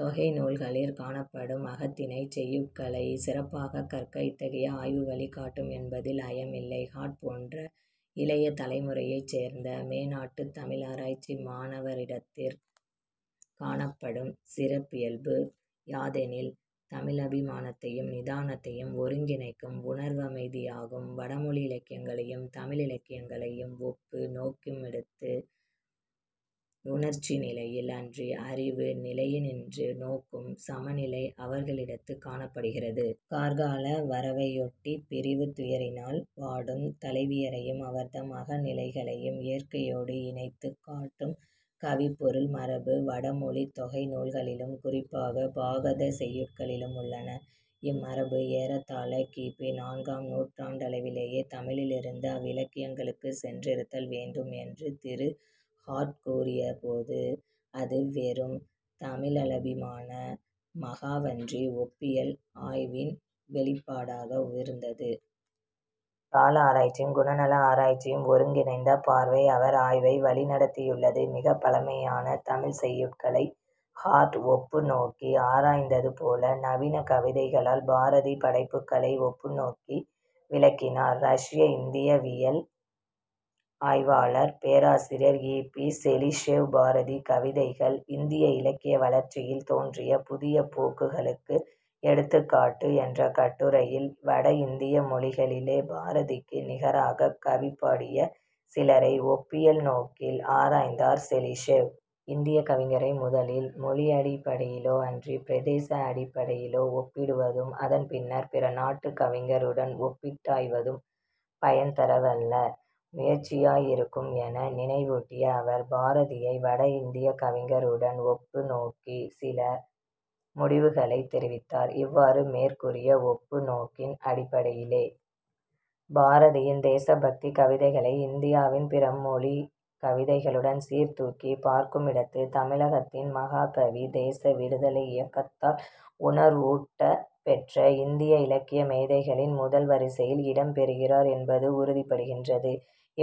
தொகை நூல்களிற் காணப்படும் அகத்திணைச் செய்யுட்களைச் சிறப்பாகக் கற்க இத்தகைய ஆய்வு வழி காட்டும் என்பதில் ஐயமில்லை. ஹார்ட் போன்ற இளைய தலைமுறையைச் சேர்ந்த மேனாட்டுத் தமிழாராய்ச்சி மாணவரிடத்திற் காணப்படும் சிறப்பியல்பு யாதெனில் தமிழபிமானத்தையும் நிதானத்தையும் ஒருங்கிணைக்கும் உணர்வமைதியாகும். வடமொழியிலக்கியங்களையும் தமிழிலக்கியங்களையும் ஒப்பு நோக்குமிடத்து உணர்ச்சி நிலையில் அன்றி அறிவு நிலையினின்று நோக்கும் சமநிலை அவர்களிடத்துக் காணப்படுகிறது. கார்கால வரவையொட்டிப் பிரிவுத் துயரினால் வாடும் தலைவியரையும் அவர்தம் அகநிலைகளையும் இயற்கையோடு இணைத்துக் காட்டும் கவிப்பொருள் மரபு வடமொழித் தொகை நூல்களிலும் குறிப்பாகப் பாகதச் செய்யுட்களிலும் உள்ளன. இம்மரபு ஏறத்தாழ கி. பி. நான்காம் நூற்றாண்டளவிலேயே தமிழிலிருந்து அவ்விலக்கியங்களுக்குச் சென்றிருத்தல் வேண்டும் என்று திரு. ஹார்ட் கூறிய போது, அது வெறும் தமிழபிமான மாகவன்றி ஒப்பியல் ஆய்வின் வௌிப்பாடாக விருந்தது. கால ஆராய்ச்சியும் குணநல ஆராய்ச்சியும் ஒருங்கிணைந்த பார்வை அவர் ஆய்வை வழிநடத்தியுள்ளது. மிகப் பழமையான தமிழ்ச் செய்யுட்களை ஹார்ட் ஒப்பு நோக்கி ஆராய்ந்தது போல, நவீன கவிதைகளால் பாரதி படைப்புக்களை ஒப்பு நோக்கி விளக்கினார் ரஷ்ய இந்தியவியல் ஆய்வாளர், பேராசிரியர் இ. பி. செலிஷெவ், "பாரதி கவிதைகள் இந்திய இலக்கிய வளர்ச்சியில் தோன்றிய புதிய போக்குகளுக்கு எடுத்துக்காட்டு" என்ற கட்டுரையில் வட இந்திய மொழிகளிலே பாரதிக்கு நிகராகக் கவிபாடிய சிலரை ஒப்பியல் நோக்கில் ஆராய்ந்தார் செலிஷெவ். இந்தியக் கவிஞரை முதலில் மொழியடிப்படையிலோ அன்றிப் பிரதேச அடிப்படையிலோ ஒப்பிடுவதும், அதன் பின்னர் பிற நாட்டுக் கவிஞருடன் ஒப்பிட்டாய்வதும், பயன்தரவல்ல முயற்சியாயிருக்கும் என நினைவூட்டிய அவர், பாரதியை வட இந்தியக் கவிஞருடன் ஒப்பு நோக்கிச் சில முடிவுகளைத் தெரிவித்தார். "இவ்வாறு மேற்கூறிய ஒப்பு நோக்கின் அடிப்படையிலே, பாரதியின் தேசபக்திக் கவிதைகளை இந்தியாவின் பிற மொழிக் கவிதைகளுடன் சீர்தூக்கிப் பார்க்குமிடத்து, தமிழகத்தின் மகாகவி தேச விடுதலை இயக்கத்தால் உணர்வூட்டப் பெற்ற இந்திய இலக்கிய மேதைகளின் முதல் வரிசையில் இடம் பெறுகிறார் என்பது உறுதிப்படுகின்றது"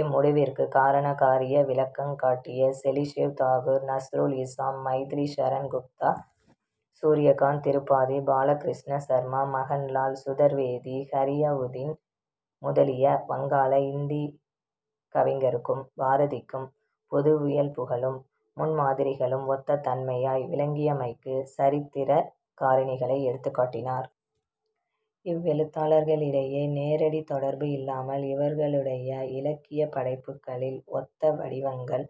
இம்முடிவிற்குக் காரண காரிய விளக்கங் காட்டிய செலிஷெவ், தாகூர், நஸ்ருல் இஸ்ஸாம், மைதிலிஷரண் குப்தா, சூர்யகாந்த் திருபாதி, பாலகிருஷ்ண சர்மா, மகன்லால் சுதர்வேதி, ஹரியவுதின் முதலிய வங்காள, இந்திக் கவிஞருக்கும் பாரதிக்கும் பொதுவுயல்புகளும் முன்மாதிரிகளும் ஒத்த தன்மையாய் விளங்கியமைக்குச் சரித்திரக் காரணிகளை எடுத்துக் காட்டினார். "இவ்வெழுத்தாளர்களிடையே நேரடித் தொடர்பு இல்லாமல் இவர்களுடைய இலக்கியப் படைப்புக்களில் ஒத்த வடிவங்கள்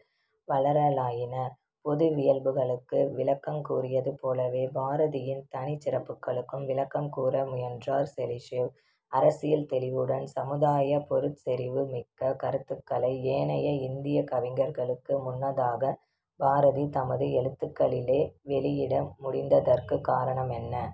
வளரலாயின. பொதுவியல்புகளுக்கு விளக்கங் கூறியது போலவே, "பாரதியின் தனிச் சிறப்புகளுக்கும் விளக்கம் கூற முயன்றார் செலிஷெவ். " அரசியல் தௌிவுடன் சமுதாயப் பொருட்செறிவு மிக்க கருத்துக்களை, ஏனைய இந்தியக் கவிஞர்களுக்கு முன்னதாக, பாரதி தமது எழுத்துக்களிலே வௌியிட முடிந்ததற்குக் காரணம் என்ன?